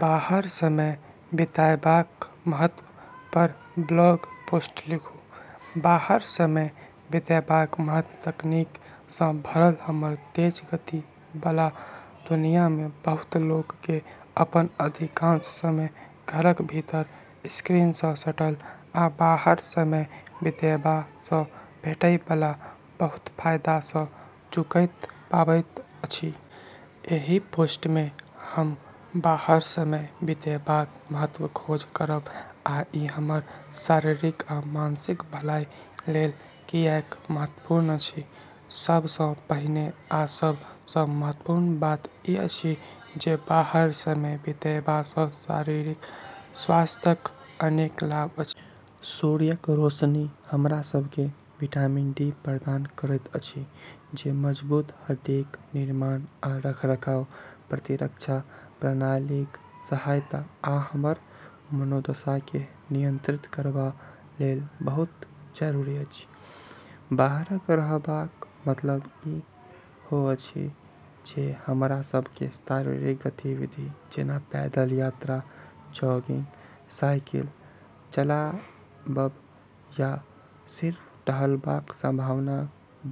बाहर समय बिताएबाक महत्व पर ब्लॉग पोस्ट लिखू। बाहर समय बिताएबाक महत्व तकनीक सँ भरल हमर तेज गति बला दुनिया मे बहुत लोक केँ अपन अधिकांश समय घरक भीतर, स्क्रीन सँ सटल, आ बाहर समय बिताएबा सँ भेटै बला बहुत फायदा सँ चूकैत पाबैत अछि। एहि पोस्ट मे हम बाहर समय बिताएबाक महत्वक खोज करब आ ई हमर शारीरिक आ मानसिक भलाइ लेल कियाक महत्वपूर्ण अछि। सब सँ पहिने आ सब सँ महत्वपूर्ण बात ई अछि जे बाहर समय बिताएबा सँ शारीरिक स्वास्थ्यक अनेक लाभ अछि। सूर्यक रोशनी हमरा सभ केँ विटामिन डी प्रदान करैत अछि, जे मजबूत हड्डीक निर्माण आ रखरखाव, प्रतिरक्षा प्रणालीक सहायता, आ हमर मनोदशा केँ नियंत्रित करबा लेल बहुत जरूरी अछि। बाहर रहबाक मतलब ई हो अछि जे हमरा सभ केँ शारीरिक गतिविधि जेना पैदल यात्रा, जॉगिंग, साइकिल चलाबब, या सिर्फ टहलबाक संभावना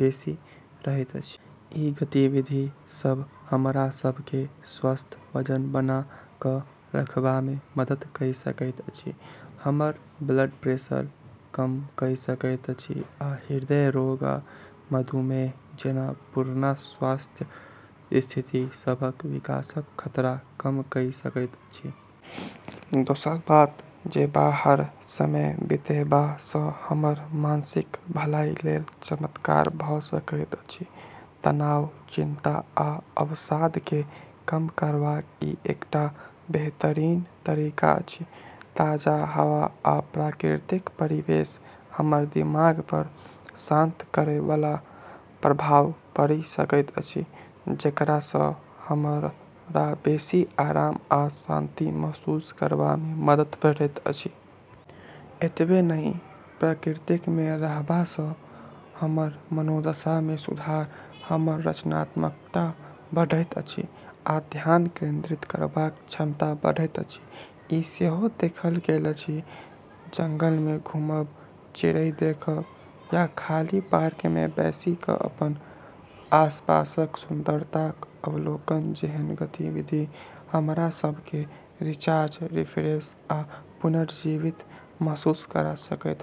बेसी रहैत अछि। ई गतिविधि सभ हमरा सभ केँ स्वस्थ वजन बना कऽ रखबामे मदद कइ सकैत अछि, हमर ब्लड प्रेशर कम कइ सकैत अछि, आ हृदय रोग आ मधुमेह जेना पुरना स्वास्थ्य स्थिति सभक विकासक खतरा कम कइ सकैत अछि। दोसर बात जे बाहर समय बिताएबा सँ हमर मानसिक भलाइ लेल चमत्कार भऽ सकैत अछि। तनाव, चिंता आ अवसाद केँ कम करबाक ई एकटा बेहतरीन तरीका अछि। ताज़ा हवा आ प्राकृतिक परिवेश हमर दिमाग पर शांत करै बला प्रभाव पाड़ि सकैत अछि, जेकरा सँ हमरा बेसी आराम आ शांति महसूस करबामे मदद भेटैत अछि। एतबे नहि, प्रकृति मे रहबा सँ हमर मनोदशा मे सुधार, हमर रचनात्मकता बढ़ैत अछि, आ ध्यान केंद्रित करबाक क्षमता बढ़ैत अछि, ई सेहो देखल गेल अछि। जंगल मे घुमब, चिड़ै देखब, या खाली पार्क मे बैसि कऽ अपन आसपासक सुंदरताक अवलोकन जेहन गतिविधि हमरा सभ केँ रिचार्ज, रिफ्रेश आ पुनर्जीवित महसूस करा सकैत अछि।